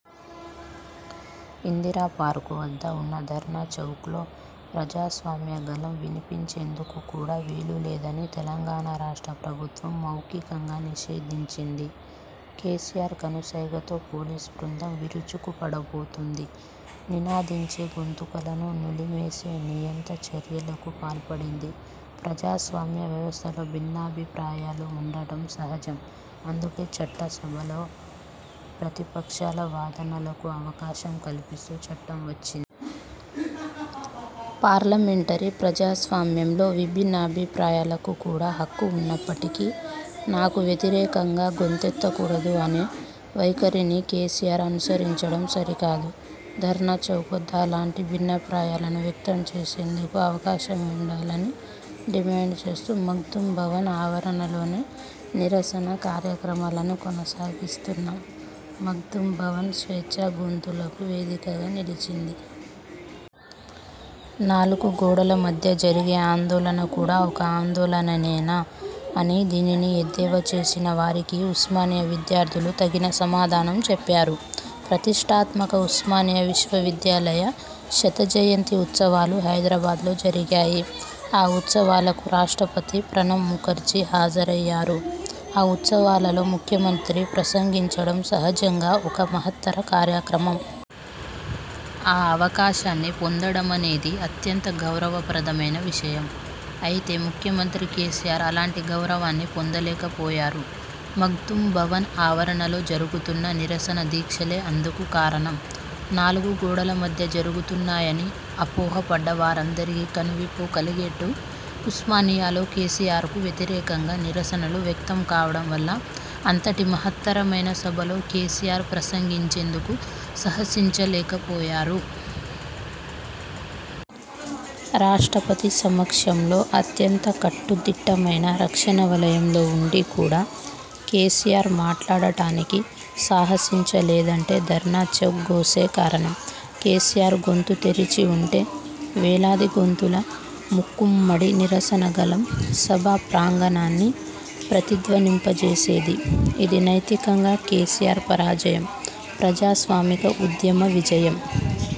Indira park వద్ద ఉన్న ధర్నాచౌక్లో ప్రజాస్వామ్య గళం వినిపించేందుకు కూడా వీలు లేదని తెలంగాణ రాష్ట్ర ప్రభుత్వం మౌఖికంగా నిషేధించింది. కేసీఆర్ కనుసైగతో పోలీస్ బృందం విరుచుకుపడుతోంది. నినదించే గొంతుకలను నులిమేసే నియంత చర్యలకు పాల్పడింది. ప్రజాస్వామ్య వ్యవస్థలో భిన్నాభిప్రాయాలు ఉండటం సహజం. అందుకే చట్ట సభలలో ప్రతిపక్షాల వాదనలకు అవకాశం కల్పిస్తూ చట్టం వచ్చింది. పార్లమెంటరీ ప్రజాస్వామ్యంలో విభిన్న అభిప్రాయాలకు కూడా హక్కు ఉన్నప్పటికీ 'నాకు వ్యతిరేకంగా గొంతెత్త కూడదు' అనే వైఖరిని కేసీఆర్ అనుసరించడం సరికాదు. ధర్నాచౌక్ వద్ద అలాంటి భిన్నాభిప్రాయాలను వ్యక్తం చేసేందుకు అవకాశముండాలని డిమాండ్ చేస్తూ మఖ్దూం భవన్ ఆవరణలోనే నిరసన కార్యక్రమాలను కొనసాగిస్తున్నాం. మఖ్దూం భవన్ స్వేచ్ఛా గొంతులకు వేదికగా నిలిచింది. నాలుగు గోడల మధ్య జరిగే ఆందోళన కూడా ఒక ఆందోళననేనా? అని దీనిని ఎద్దేవా చేసిన వారికి ఉస్మానియా విద్యార్థులు తగిన సమాధానం చెప్పారు. ప్రతిష్టాత్మక ఉస్మానియా విశ్వవిద్యాలయ శత జయంతి ఉత్సవాలు హైదరాబాద్లో జరిగాయి. ఆ ఉత్సవాలకు రాష్ట్రపతి ప్రణబ్ముఖర్జి హాజరయ్యారు. ఆ ఉత్సవాలలో ముఖ్యమంత్రి ప్రసంగించడం సహజంగా ఒక మహత్తర కార్యక్రమం. ఆ అవకాశాన్ని పొందడమనేది అత్యంత గౌరవప్రదమైన విషయం. అయితే ముఖ్యమంత్రి కేసీఆర్ అలాంటి గౌరవాన్ని పొందలేకపోయారు. మఖ్దూం భవన్ ఆవరణలో జరుగుతున్న నిరసన దీక్షలే అందుకు కారణం. నాలుగు గోడల మధ్య జరుగుతున్నాయని అపోహబడ్డ వారందరికి కనువిప్పు కలిగేట్టు ఉస్మానియాలో కేసీఆర్కు వ్యతిరేకంగా నిరస నలు వ్యక్తం కావడం వల్ల అంతటి మహత్తరమైన సభలో కేసీఆర్ ప్రసంగించేందుకు సాహసించలేకపోయారు. రాష్ట్రపతి సమక్షంలో, అత్యంత కట్టుదిట్టమైన రక్షణ వలయంలో ఉండి కూడా కేసీఆర్ మాట్లాడానికి సాహసించలేదంటే ధర్నా చౌక్ గోసే కారణం. కేసీఆర్ గొంతు తెరిచివుంటే, వేలాదిగొంతుల మూకు మ్మడి నిరసన గళం సభా ప్రాంగణాన్ని ప్రతిధ్వనింపజేసేది. ఇది నైతికంగా కేసీఆర్ పరాజయం. ప్రజాస్వామిక ఉద్యమ విజయం.